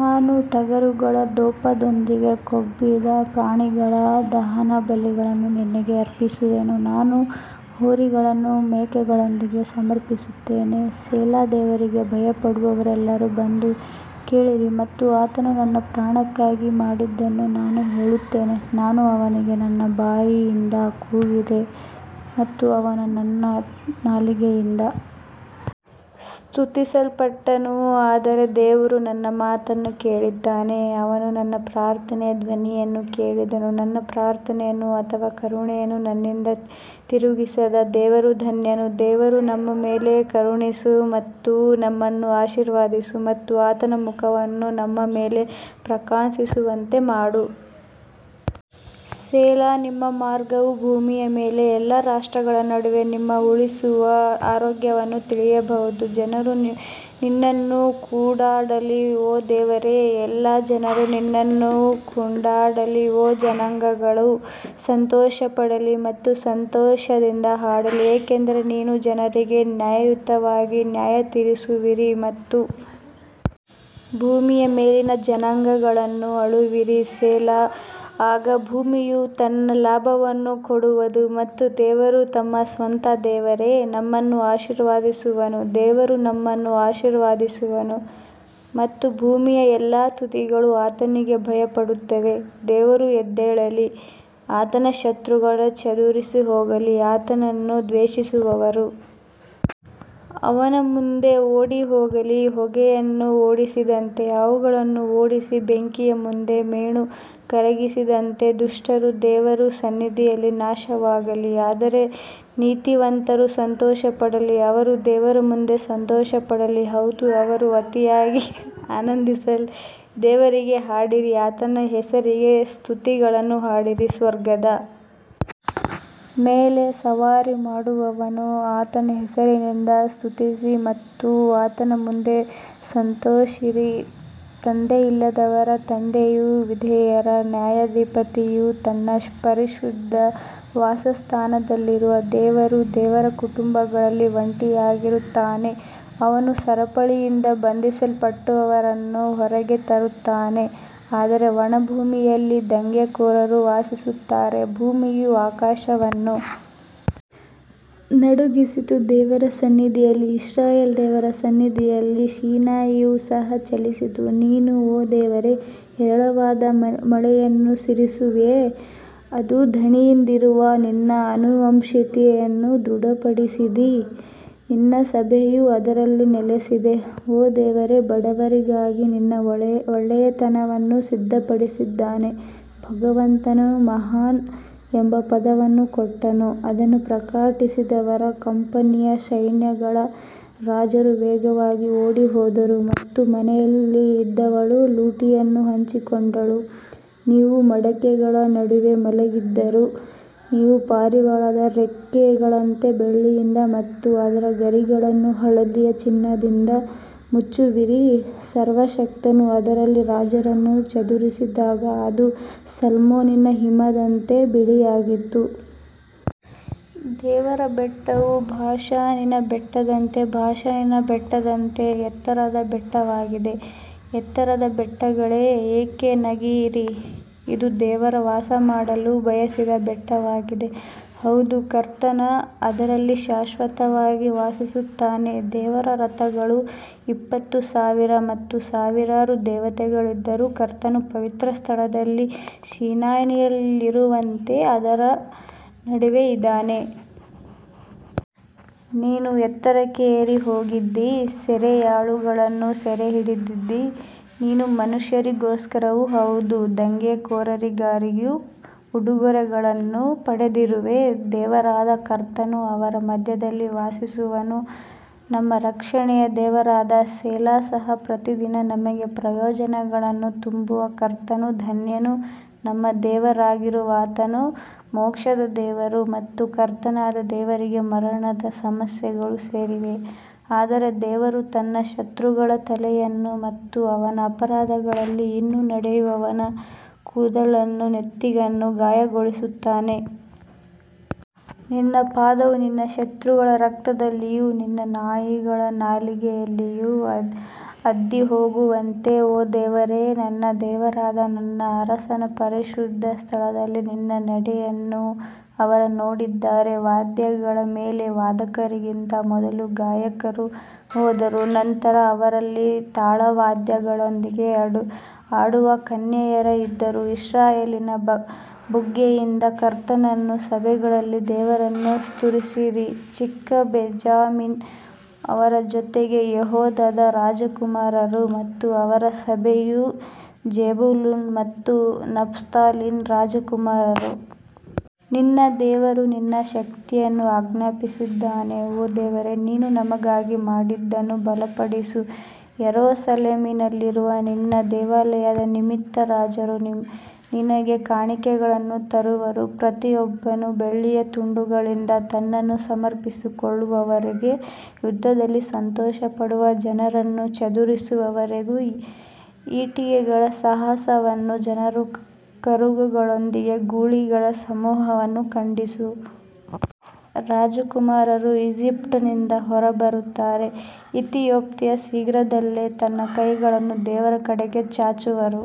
ನಾನು ಟಗರುಗಳ ಧೂಪದೊಂದಿಗೆ ಕೊಬ್ಬಿದ ಪ್ರಾಣಿಗಳ ದಹನಬಲಿಗಳನ್ನು ನಿನಗೆ ಅರ್ಪಿಸುವೆನು, ನಾನು ಹೋರಿಗಳನ್ನು ಮೇಕೆಗಳೊಂದಿಗೆ ಸಮರ್ಪಿಸುತ್ತೇನೆ ಸೆಲಾ ದೇವರಿಗೆ ಭಯಪಡುವವರೆಲ್ಲರೂ ಬಂದು ಕೇಳಿರಿ ಮತ್ತು ಆತನು ನನ್ನ ಪ್ರಾಣಕ್ಕಾಗಿ ಮಾಡಿದ್ದನ್ನು ನಾನು ಹೇಳುತ್ತೇನೆ ನಾನು ಅವನಿಗೆ ನನ್ನ ಬಾಯಿಯಿಂದ ಕೂಗಿದೆ ಮತ್ತು ಅವನು ನನ್ನ ನಾಲಿಗೆಯಿಂದ ಸ್ತುತಿಸಲ್ಪಟ್ಟನು ಆದರೆ ದೇವರು ನನ್ನ ಮಾತನ್ನು ಕೇಳಿದ್ದಾನೆ, ಅವನು ನನ್ನ ಪ್ರಾರ್ಥನೆಯ ಧ್ವನಿಯನ್ನು ಕೇಳಿದನು ನನ್ನ ಪ್ರಾರ್ಥನೆಯನ್ನು ಅಥವಾ ಕರುಣೆಯನ್ನು ನನ್ನಿಂದ ತಿರುಗಿಸದ ದೇವರು ಧನ್ಯನು ದೇವರು ನಮ್ಮ ಮೇಲೆ ಕರುಣಿಸು ಮತ್ತು ನಮ್ಮನ್ನು ಆಶೀರ್ವದಿಸಿ ಮತ್ತು ಆತನ ಮುಖವನ್ನು ನಮ್ಮ ಮೇಲೆ ಪ್ರಕಾಶಿಸುವಂತೆ ಮಾಡು ಸೆಲಾ ನಿಮ್ಮ ಮಾರ್ಗವು ಭೂಮಿಯ ಮೇಲೆ ಎಲ್ಲಾ ರಾಷ್ಟ್ರಗಳ ನಡುವೆ ನಿಮ್ಮ ಉಳಿಸುವ ಆರೋಗ್ಯವನ್ನು ತಿಳಿಯಬಹುದು ಜನರು ನಿನ್ನನ್ನು ಕೊಂಡಾಡಲಿ ಓ ದೇವರೇ ಎಲ್ಲಾ ಜನರು ನಿನ್ನನ್ನು ಕೊಂಡಾಡಲಿ ಓ ಜನಾಂಗಗಳು ಸಂತೋಷಪಡಲಿ ಮತ್ತು ಸಂತೋಷದಿಂದ ಹಾಡಲಿ, ಏಕೆಂದರೆ ನೀನು ಜನರಿಗೆ ನ್ಯಾಯಯುತವಾಗಿ ನ್ಯಾಯತೀರಿಸುವಿರಿ ಮತ್ತು ಭೂಮಿಯ ಮೇಲಿನ ಜನಾಂಗಗಳನ್ನು ಆಳುವಿರಿ ಸೆಲಾ ಆಗ ಭೂಮಿಯು ತನ್ನ ಲಾಭವನ್ನು ಕೊಡುವದು ಮತ್ತು ದೇವರು ನಮ್ಮ ಸ್ವಂತ ದೇವರೇ ನಮ್ಮನ್ನು ಆಶೀರ್ವದಿಸುವನು ದೇವರು ನಮ್ಮನ್ನು ಆಶೀರ್ವದಿಸುವನು ಮತ್ತು ಭೂಮಿಯ ಎಲ್ಲಾ ತುದಿಗಳು ಆತನಿಗೆ ಭಯಪಡುತ್ತವೆ ದೇವರು ಎದ್ದೇಳಲಿ, ಆತನ ಶತ್ರುಗಳು ಚದುರಿಹೋಗಲಿ, ಆತನನ್ನು ದ್ವೇಷಿಸುವವರು ಅವನ ಮುಂದೆ ಓಡಿಹೋಗಲಿ ಹೊಗೆಯನ್ನು ಓಡಿಸಿದಂತೆ ಅವುಗಳನ್ನು ಓಡಿಸಿ ಬೆಂಕಿಯ ಮುಂದೆ ಮೇಣ ಕರಗಿದಂತೆ ದುಷ್ಟರು ದೇವರ ಸನ್ನಿಧಿಯಲ್ಲಿ ನಾಶವಾಗಲಿ ಆದರೆ ನೀತಿವಂತರು ಸಂತೋಷಪಡಲಿ ಅವರು ದೇವರ ಮುಂದೆ ಸಂತೋಷಪಡಲಿ, ಹೌದು ಅವರು ಅತಿಯಾಗಿ ಆನಂದಿಸಲಿ ದೇವರಿಗೆ ಹಾಡಿರಿ, ಆತನ ಹೆಸರಿಗೆ ಸ್ತುತಿಗಳನ್ನು ಹಾಡಿರಿ, ಸ್ವರ್ಗದ ಮೇಲೆ ಸವಾರಿ ಮಾಡುವವನನ್ನು ಆತನ ಹೆಸರಿನಿಂದ ಸ್ತುತಿಸಿ ಮತ್ತು ಆತನ ಮುಂದೆ ಸಂತೋಷಿಸಿರಿ ತಂದೆಯಿಲ್ಲದವರ ತಂದೆಯೂ ವಿಧವೆಯರ ನ್ಯಾಯಾಧಿಪತಿಯೂ ತನ್ನ ಪರಿಶುದ್ಧ ವಾಸಸ್ಥಾನದಲ್ಲಿರುವ ದೇವರು ದೇವರು ಕುಟುಂಬಗಳಲ್ಲಿ ಒಂಟಿಯಾಗಿರುತ್ತಾನೆ, ಅವನು ಸರಪಳಿಯಿಂದ ಬಂಧಿಸಲ್ಪಟ್ಟವರನ್ನು ಹೊರಗೆ ತರುತ್ತಾನೆ ಆದರೆ ಒಣ ಭೂಮಿಯಲ್ಲಿ ದಂಗೆಕೋರರು ವಾಸಿಸುತ್ತಾರೆ ಭೂಮಿಯು ಆಕಾಶವನ್ನು ನಡುಗಿಸಿತು ದೇವರ ಸನ್ನಿಧಿಯಲ್ಲಿ ಇಸ್ರಾಯೇಲ್ ದೇವರ ಸನ್ನಿಧಿಯಲ್ಲಿ ಸೀನಾಯಿಯು ಸಹ ಚಲಿಸಿತು ನೀನು ಓ ದೇವರೇ ಹೇರಳವಾದ ಮಳೆಯನ್ನು ಸುರಿಸಿರುವೆ, ಅದು ದಣಿದಿರುವಾಗ ನಿನ್ನ ಆನುವಂಶಿಕತೆಯನ್ನು ದೃಢಪಡಿಸಿದಿ ನಿನ್ನ ಸಭೆಯು ಅದರಲ್ಲಿ ನೆಲೆಸಿದೆ, ಓ ದೇವರೇ, ಬಡವರಿಗಾಗಿ ನಿನ್ನ ಒಳ್ಳೆಯತನವನ್ನು ಸಿದ್ಧಪಡಿಸಿದ್ದಾನೆ ಭಗವಂತನು ಮಹಾನ್ ಎಂಬ ಪದವನ್ನು ಕೊಟ್ಟನು ಅದನ್ನು ಪ್ರಕಟಿಸಿದವರ ಕಂಪನಿ ಸೈನ್ಯಗಳ ರಾಜರು ವೇಗವಾಗಿ ಓಡಿಹೋದರು ಮತ್ತು ಮನೆಯಲ್ಲಿದ್ದವಳು ಲೂಟಿಯನ್ನು ಹಂಚಿಕೊಂಡಳು ನೀವು ಮಡಕೆಗಳ ನಡುವೆ ಮಲಗಿದ್ದರೂ ನೀವು ಪಾರಿವಾಳದ ರೆಕ್ಕೆಗಳಂತೆ ಬೆಳ್ಳಿಯಿಂದ ಮತ್ತು ಅದರ ಗರಿಗಳನ್ನು ಹಳದಿ ಚಿನ್ನದಿಂದ ಮುಚ್ಚಿರುವಿರಿ ಸರ್ವಶಕ್ತನು ಅದರಲ್ಲಿ ರಾಜರನ್ನು ಚದುರಿಸಿದಾಗ ಅದು ಸಲ್ಮೋನಿನ ಹಿಮದಂತೆ ಬಿಳಿಯಾಗಿತ್ತು. ದೇವರ ಬೆಟ್ಟವು ಬಾಷಾನಿನ ಬೆಟ್ಟದಂತೆ ಬಾಷಾನಿನ ಬೆಟ್ಟದಂತೆ ಎತ್ತರದ ಬೆಟ್ಟವಾಗಿದೆ ಎತ್ತರದ ಬೆಟ್ಟಗಳೇ ಏಕೆ ನೆಗೆಯಿರಿ ಇದು ದೇವರು ವಾಸಮಾಡಲು ಬಯಸಿದ ಬೆಟ್ಟವಾಗಿದೆ ಹೌದು ಕರ್ತನು ಅದರಲ್ಲಿ ಶಾಶ್ವತವಾಗಿ ವಾಸಿಸುತ್ತಾನೆ ದೇವರ ರಥಗಳು ಇಪ್ಪತ್ತು ಸಾವಿರ ಮತ್ತು ಸಾವಿರಾರು ದೇವತೆಗಳಿದ್ದರೂ ಕರ್ತನು ಪವಿತ್ರ ಸ್ಥಳದಲ್ಲಿ ಸೀನಾಯಿಯಲ್ಲಿರುವಂತೆ ಅವರ ನಡುವೆ ಇದ್ದಾನೆ. ನೀನು ಎತ್ತರಕ್ಕೆ ಏರಿ ಹೋಗಿದ್ದೀ, ಸೆರೆಯಾಳುಗಳನ್ನು ಸೆರೆಹಿಡಿದಿದ್ದೀ, ನೀನು ಮನುಷ್ಯರಿಗೋಸ್ಕರವೂ ಹೌದು, ದಂಗೆಕೋರರಿಗಾಗಿಯೂ ಉಡುಗೊರೆಗಳನ್ನು ಪಡೆದಿರುವೆ, ದೇವರಾದ ಕರ್ತನು ಅವರ ಮಧ್ಯದಲ್ಲಿ ವಾಸಿಸುವನು ನಮ್ಮ ರಕ್ಷಣೆಯ ದೇವರಾದ ಸೆಲಾ ಸಹ ಪ್ರತಿದಿನ ನಮಗೆ ಪ್ರಯೋಜನಗಳನ್ನು ತುಂಬುವ ಕರ್ತನು ಧನ್ಯನು ನಮ್ಮ ದೇವರಾಗಿರುವಾತನು ಮೋಕ್ಷದ ದೇವರು ಮತ್ತು ಕರ್ತನಾದ ದೇವರಿಗೆ ಮರಣದ ಸಮಸ್ಯೆಗಳು ಸೇರಿವೆ ಆದರೆ ದೇವರು ತನ್ನ ಶತ್ರುಗಳ ತಲೆಯನ್ನು ಮತ್ತು ಅವನ ಅಪರಾಧಗಳಲ್ಲಿ ಇನ್ನೂ ನಡೆಯುವವನ ಕೂದಲುಳ್ಳ ನೆತ್ತಿಯನ್ನು ಗಾಯಗೊಳಿಸುತ್ತಾನೆ. ನಿನ್ನ ಪಾದವು ನಿನ್ನ ಶತ್ರುಗಳ ರಕ್ತದಲ್ಲಿಯೂ ನಿನ್ನ ನಾಯಿಗಳ ನಾಲಿಗೆಯಲ್ಲಿಯೂ ಅದ್ದಿಹೋಗುವಂತೆ ಓ ದೇವರೇ, ನನ್ನ ದೇವರಾದ ನನ್ನ ಅರಸನ ಪರಿಶುದ್ಧ ಸ್ಥಳದಲ್ಲಿ ನಿನ್ನ ನಡೆಯನ್ನು ಅವರು ನೋಡಿದ್ದಾರೆ ವಾದ್ಯಗಳ ಮೇಲೆ ವಾದಕರಿಗಿಂತ ಮೊದಲು ಗಾಯಕರು ಹೋದರು, ನಂತರ ಅವರಲ್ಲಿ ತಾಳವಾದ್ಯಗಳೊಂದಿಗೆ ಆಡುವ ಕನ್ಯೆಯರು ಇದ್ದರು ಇಸ್ರಾಯೇಲಿನ ಬುಗ್ಗೆಯಿಂದ ಕರ್ತನನ್ನೂ ಸಭೆಗಳಲ್ಲಿ ದೇವರನ್ನು ಸ್ತುತಿಸಿರಿ ಚಿಕ್ಕ ಬೆಂಜಮಿನ್ ಅವರ ಜೊತೆ ಯೆಹೂದದ ರಾಜಕುಮಾರರು ಮತ್ತು ಅವರ ಸಭೆಯು ಜೆಬುಲೂನ್ ಮತ್ತು ನಫ್ತಾಲಿಯ ರಾಜಕುಮಾರರು. ನಿನ್ನ ದೇವರು ನಿನ್ನ ಶಕ್ತಿಯನ್ನು ಆಜ್ಞಾಪಿಸಿದ್ದಾನೆ ಓ ದೇವರೇ ನೀನು ನಮಗಾಗಿ ಮಾಡಿದ್ದನ್ನು ಬಲಪಡಿಸು ಯೆರೂಸಲೇಮಿನಲ್ಲಿರುವ ನಿನ್ನ ದೇವಾಲಯದ ನಿಮಿತ್ತ ರಾಜರು ನಿನಗೆ ಕಾಣಿಕೆಗಳನ್ನು ತರುವರು ಪ್ರತಿಯೊಬ್ಬನು ಬೆಳ್ಳಿಯ ತುಂಡುಗಳಿಂದ ತನ್ನನ್ನು ಸಮರ್ಪಿಸಿಕೊಳ್ಳುವವರೆಗೆ ಯುದ್ಧದಲ್ಲಿ ಸಂತೋಷಪಡುವ ಜನರನ್ನು ಚದುರಿಸುವವರೆಗೂ ಈಟಿಗಳ ಸಹವಾಸವನ್ನು ಜನರ ಕರುಗಳೊಂದಿಗೆ ಗೂಳಿಗಳ ಸಮೂಹವನ್ನು ಖಂಡಿಸು. ರಾಜಕುಮಾರರು ಈಜಿಪ್ಟ್ನಿಂದ ಹೊರಬರುತ್ತಾರೆ ಇಥಿಯೋಪಿಯಾ ಶೀಘ್ರದಲ್ಲೇ ತನ್ನ ಕೈಗಳನ್ನು ದೇವರ ಕಡೆಗೆ ಚಾಚುವರು.